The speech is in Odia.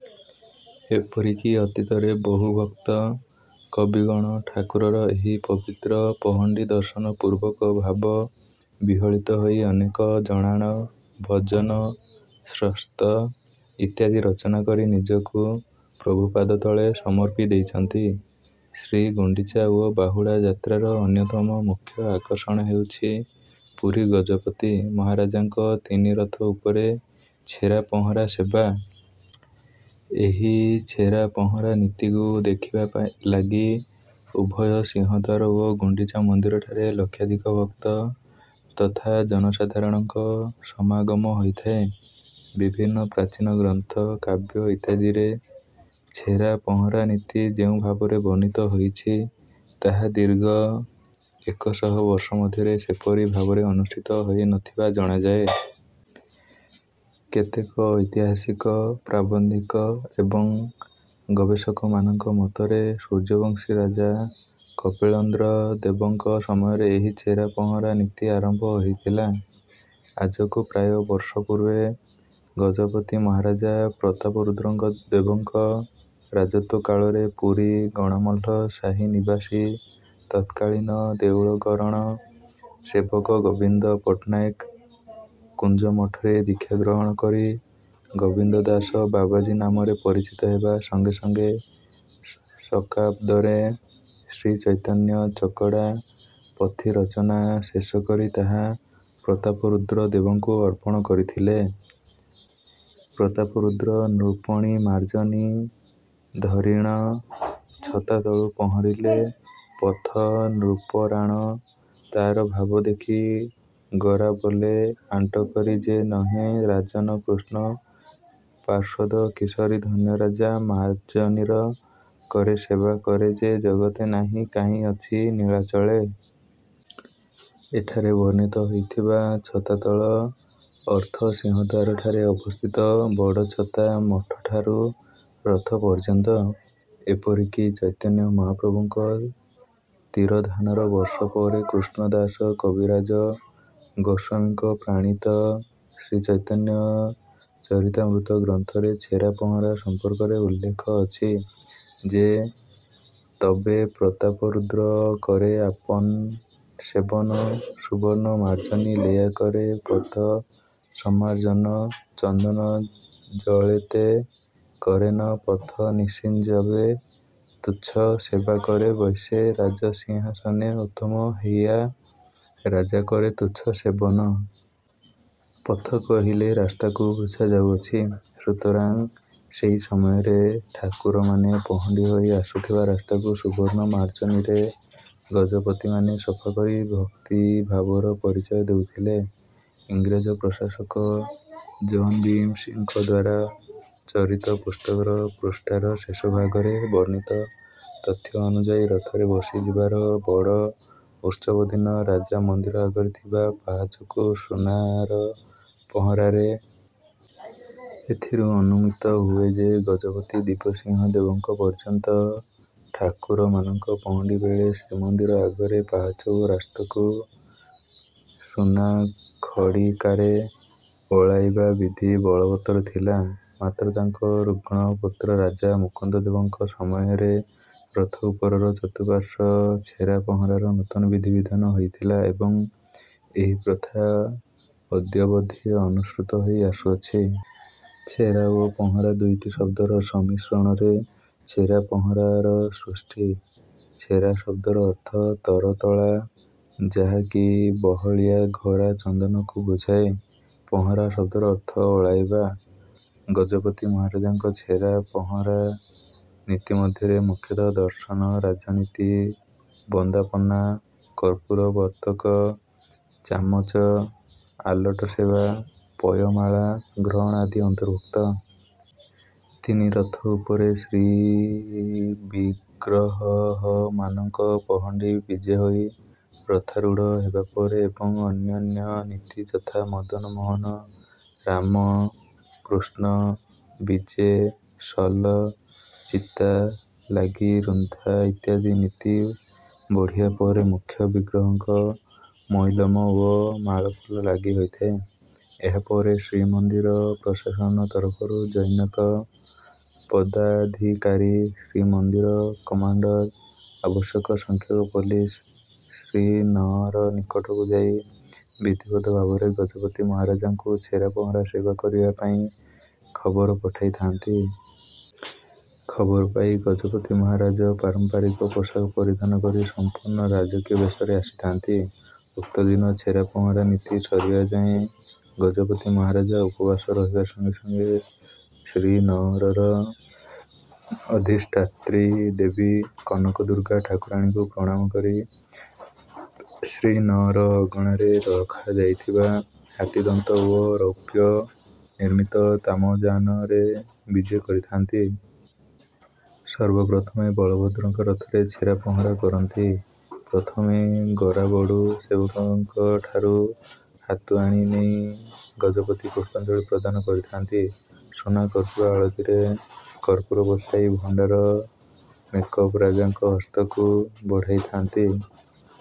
ଏପରିକି ଅତୀତରେ ବହୁ ଭକ୍ତ, କବିଗଣ ଠାକୁରର ଏହି ପବିତ୍ର ପହଣ୍ଡି ଦର୍ଶନ ପୂର୍ବକ ଭାବ ବିହ୍ୱଳିତ ହୋଇ ଅନେକ ଜଣାଣ, ଭଜନ, ସ୍ତୋତ୍ର ଇତ୍ୟାଦି ରଚନା କରି ନିଜକୁ ପ୍ରଭୁପାଦ ତଳେ ସମର୍ପି ଦେଇଛନ୍ତି। ଶ୍ରୀଗୁଣ୍ଡିଚା ଓ ବାହୁଡା଼ ଯାତ୍ରାର ଅନ୍ୟତମ ମୂଖ୍ୟ ଆକର୍ଷଣ ହେଉଛି ପୁରୀ ଗଜପତି ମହାରାଜାଙ୍କ ତିନି ରଥ ଉପରେ ଛେରାପହଁରା ସେବା। ଏହି ଛେରାପହଁରା ନୀତିକୁ ଦେଖିବା ଲାଗି ଉଭୟ ସିଂହଦ୍ୱାର ଓ ଗୁଣ୍ଡିଚା ମନ୍ଦିରଠାରେ ଲକ୍ଷାଧିକ ଭକ୍ତ ତଥା ଜନସାଧାରଣଙ୍କ ସମାଗମ ହୋଇଥାଏ। ବିଭିନ୍ନ ପ୍ରାଚୀନ ଗ୍ରନ୍ଥ, କାବ୍ୟ ଇତ୍ୟାଦିରେ ଛେରା ପହଁରା ନୀତି ଯେଉଁ ଭାବରେ ବର୍ଣ୍ଣିତ ହୋଇଛି, ତାହା ଦୀର୍ଘ ଏକ ଶହ ବର୍ଷ ମଧ୍ୟରେ ସେପରି ଭାବରେ ଅନୁଷ୍ଠିତ ହେଉନଥିବା ଜଣାଯାଏ। କେତେକ ଐତିହାସିକ, ପ୍ରାବନ୍ଧିକ ଏବଂ ଗବେଷକମାନଙ୍କ ମତରେ ସୂର୍ଯ୍ୟବଂଶୀ ରାଜା କପିଳେନ୍ଦ୍ର ଦେବଙ୍କ ସମୟରେ ଏହି ଛେରା ପହଁରା ନୀତି ଆରମ୍ଭ ହୋଇଥିଲା। ଆଜକୁ ପ୍ରାୟ ବର୍ଷ ପୂର୍ବେ ଗଜପତି ମହାରାଜା ପ୍ରତାପରୁଦ୍ର ଦେବଙ୍କ ରାଜତ୍ୱ କାଳରେ ପୁରୀ ଗଣାମଲ୍ଲ ସାହି ନିବାସୀ ତତ୍କାଳୀନ ଦେଉଳକରଣ ସେବକ ଗୋବିନ୍ଦ ପଟ୍ଟନାୟକ କୁଞ୍ଜ ମଠରେ ଦୀକ୍ଷା ଗ୍ରହଣ କରି ଗୋବିନ୍ଦ ଦାସ ବାବାଜୀ ନାମରେ ପରିଚିତ ହେବା ସଙ୍ଗେ ସଙ୍ଗେ ଶକାବ୍ଦରେ ଶ୍ରୀଚୈତନ୍ୟ ଚକଡା଼ ପୋଥି ରଚନା ଶେଷ କରି ତାହା ପ୍ରତାପରୁଦ୍ର ଦେବଙ୍କୁ ଅର୍ପଣ କରିଥିଲେ। ପ୍ରତାପରୁଦ୍ର ନୃପଣି ମାର୍ଜନୀ ଧରିଣ ଛତା ତଳୁ ପହଁରିଲେ ପଥ ନୃପରାଣ ତାର ଭାବ ଦେଖି ଗୋରା ବୋଲେ ଆଣ୍ଟ କରି ଯେ ନୋହେ ରାଜନ କୃଷ୍ଣ ପାର୍ଶ୍ୱଦ କିଶୋରୀ ଧନ୍ୟ ରାଜା ମାର୍ଜନୀର କରେ ସେବା କରେ ଯେ ଜଗତେ ନାହିଁ କାହିଁ ଅଛି ନୀଳାଚଳେ। ଏଠାରେ ବର୍ଣ୍ଣିତ ହୋଇଥିବା ଛତାତଳ ଅର୍ଥ ସିଂହଦ୍ୱାରଠାରେ ଅବସ୍ଥିତ ବଡ଼ଛତା ମଠଠାରୁ ରଥ ପର୍ଯ୍ୟନ୍ତ। ଏପରିକି ଚୈତନ୍ୟ ମହାପ୍ରଭୁଙ୍କ ତିରୋଧାନର ବର୍ଷ ପରେ କୃଷ୍ଣ ଦାସ କବିରାଜ ଗୋସ୍ୱମୀଙ୍କ ପ୍ରଣୀତ ଶ୍ରୀଚୈତନ୍ୟ ଚରିତାମୃତ ଗ୍ରନ୍ଥରେ ଛେରା ପହଁରା ସମ୍ପର୍କରେ ଉଲ୍ଲେଖ ଅଛି ଯେ, ତବେ ପ୍ରତାପରୁଦ୍ର କରେ ଆପନ ସେବନ ସୁବର୍ଣ୍ଣ ମାର୍ଜନୀ ଲେୟା କରେ ପଥ ସମ୍ମାର୍ଜନ ଚନ୍ଦନ ଜଳେତେ କରେନ ପଥ ନିଷିଞ୍ଚବେ ତୁଚ୍ଛ ସେବା କରେ ବୈସେ ରାଜ ସିଂହାସନେ ଉତ୍ତମ ହେୟା ରାଜା କରେ ତୁଚ୍ଛ ସେବନ। ପଥ କହିଲେ ରାସ୍ତାକୁ ବୁଝାଯାଉଅଛି। ସୁତରାଂ ସେହି ସମୟରେ ଠାକୁରମାନେ ପହଣ୍ଡି ହୋଇ ଆସୁଥିବା ରାସ୍ତାକୁ ସୁବର୍ଣ୍ଣ ମାର୍ଜନୀରେ ଗଜପତିମାନେ ସଫାକରି ଭକ୍ତିଭାବର ପରିଚୟ ଦେଉଥିଲେ। ଇଂରେଜ ପ୍ରଶାସକ ଜନ୍ ବିମସ୍ ଙ୍କଦ୍ୱାରା ରଚିତ ପୁସ୍ତକର ପୃଷ୍ଠାର ଶେଷଭାଗରେ ବର୍ଣ୍ଣିତ ତଥ୍ୟ ଅନୁଯାୟୀ ରଥରେ ବସିଯିବାର ବଡ଼ ଉତ୍ସବ ଦିନ ରାଜା ମନ୍ଦିର ଆଗରେ ଥିବା ପାହାଚକୁ ସୁନାର ପହଁରାରେ। ଏଥିରୁ ଅନୁମିତ ହୁଏ ଯେ, ଗଜପତି ଦିବ୍ୟସିଂହ ଦେବଙ୍କ ପର୍ଯ୍ୟନ୍ତ ଠାକୁରମାନଙ୍କ ପହଣ୍ଡି ବେଳେ ଶ୍ରୀମନ୍ଦିର ଆଗରେ ପାହଚ ଓ ରାସ୍ତକୁ ସୁନା ଖଡି଼କାରେ ଓଳାଇବା ବିଧି ବଳବତ୍ତର ଥିଲା। ମାତ୍ର ତାଙ୍କ ରୁଗ୍ଣ ପୁତ୍ର ରାଜା ମୁକୁନ୍ଦ ଦେବଙ୍କ ସମୟରେ ରଥ ଉପରର ଚତୁଃପାର୍ଶ୍ୱ ଛେରା ପହଁରାର ନୂତନ ବିଧି ବିଧାନ ହୋଇଥିଲା ଏବଂ ଏହି ପ୍ରଥା ଅଦ୍ୟାବଧି ଅନୁସୃତ ହୋଇ ଆସୁଅଛି। ଛେରା ଓ ପହଁରା ଦୁଇଟି ଶବ୍ଦର ସମ୍ମିଶ୍ରଣରେ ଛେରା ପହଁରା ର ସୃଷ୍ଟି। ଛେରା ଶବ୍ଦର ଅର୍ଥ ତରତଳା, ଯାହାକି ବହଳିଆ ଘୋରା ଚନ୍ଦନକୁ ବୁଝାଏ। ପହଁରା ଶବ୍ଦର ଅର୍ଥ ଓଳାଇବା। ଗଜପତି ମହାରାଜାଙ୍କ ଛେରା ପହଁରା ନୀତି ମଧ୍ୟରେ ମୁଖ୍ୟତଃ ଦର୍ଶନ, ରାଜନୀତି, ବନ୍ଦାପନା, କର୍ପୂର ବର୍ତ୍ତକ, ଚାମର, ଆଲଟ ସେବା, ପୟମାଳା ଗ୍ରହଣ ଆଦି ଅନ୍ତର୍ଭୁକ୍ତ। ତିନି ରଥ ଉପରେ ଶ୍ରୀବିଗ୍ରହହମାନଙ୍କ ପହଣ୍ଡି ବିଜେ ହୋଇ ରଥାରୁଢ଼ ହେବାପରେ ଏବଂ ଅନ୍ୟାନ୍ୟ ନୀତି ଯଥା ମଦନମୋହନ, ରାମ, କୃଷ୍ଣ ବିଜେ, ସୋଲ, ଚିତା ଲାଗି ରୁନ୍ଧା ଇତ୍ୟାଦି ନୀତି ବଢ଼ିବା ପରେ ମୁଖ୍ୟ ବିଗ୍ରହଙ୍କ ମଇଲମ ଓ ମାଳଫୁଲ ଲାଗି ହୋଇଥାଏ। ଏହାପରେ ଶ୍ରୀମନ୍ଦିର ପ୍ରଶାସନ ତରଫରୁ ଜନୈକ ପଦାଧିକାରୀ, ଶ୍ରୀମନ୍ଦିର କମାଣ୍ଡର, ଆବଶ୍ୟକ ସଂଖ୍ୟକ ପୋଲିସ ଶ୍ରୀନଅର ନିକଟକୁ ଯାଇ ବିଧିବଦ୍ଧ ଭାବରେ ଗଜପତି ମହାରାଜାଙ୍କୁ ଛେରା ପହଁରା ସେବା କରିବା ପାଇଁ ଖବର ପଠାଇଥାନ୍ତି। ଖବର ପାଇ ଗଜପତି ମହାରାଜ ପାରମ୍ପାରିକ ପୋଷାକ ପରିଧାନ କରି ସମ୍ପୂର୍ଣ୍ଣ ରାଜକୀୟ ବେଶରେ ଆସିଥାନ୍ତି। ଉକ୍ତଦିନ ଛେରା ପହଁରା ନୀତି ସରିବା ଯାଏଁ ଗଜପତି ମହାରାଜା ଉପବାସ ରହିବା ସଙ୍ଗେ ସଙ୍ଗେ ଶ୍ରୀନଅରର ଅଧିଷ୍ଠାତ୍ରୀ ଦେବୀ କନକ ଦୁର୍ଗା ଠାକୁରାଣୀଙ୍କୁ ପ୍ରଣାମ କରି ଶ୍ରୀନଅର ଅଗଣାରେ ରଖାଯାଇଥିବା ହାତୀଦନ୍ତ ଓ ରୌପ୍ୟ ନିର୍ମିତ ତାମଯାନ ରେ ବିଜେ କରିଥାନ୍ତି। ସର୍ବପ୍ରଥମେ ବଳଭଦ୍ରଙ୍କ ରଥରେ ଛେରା ପହଁରା କରନ୍ତି। ପ୍ରଥମେ ଗରାବଡ଼ୁ ସେବକଙ୍କଠାରୁ ହାତୁଆଣି ନେଇ ଗଜପତି ପୁଷ୍ପାଞ୍ଜଳି ପ୍ରଦାନ କରିଥାନ୍ତି। ସୁନା କର୍ପୂର ଆଳତିରେ କର୍ପୂର ବସାଇ ଭଣ୍ଡାର ମେକପ ରାଜାଙ୍କ ହସ୍ତକୁ ବଢ଼ାଇଥାନ୍ତି।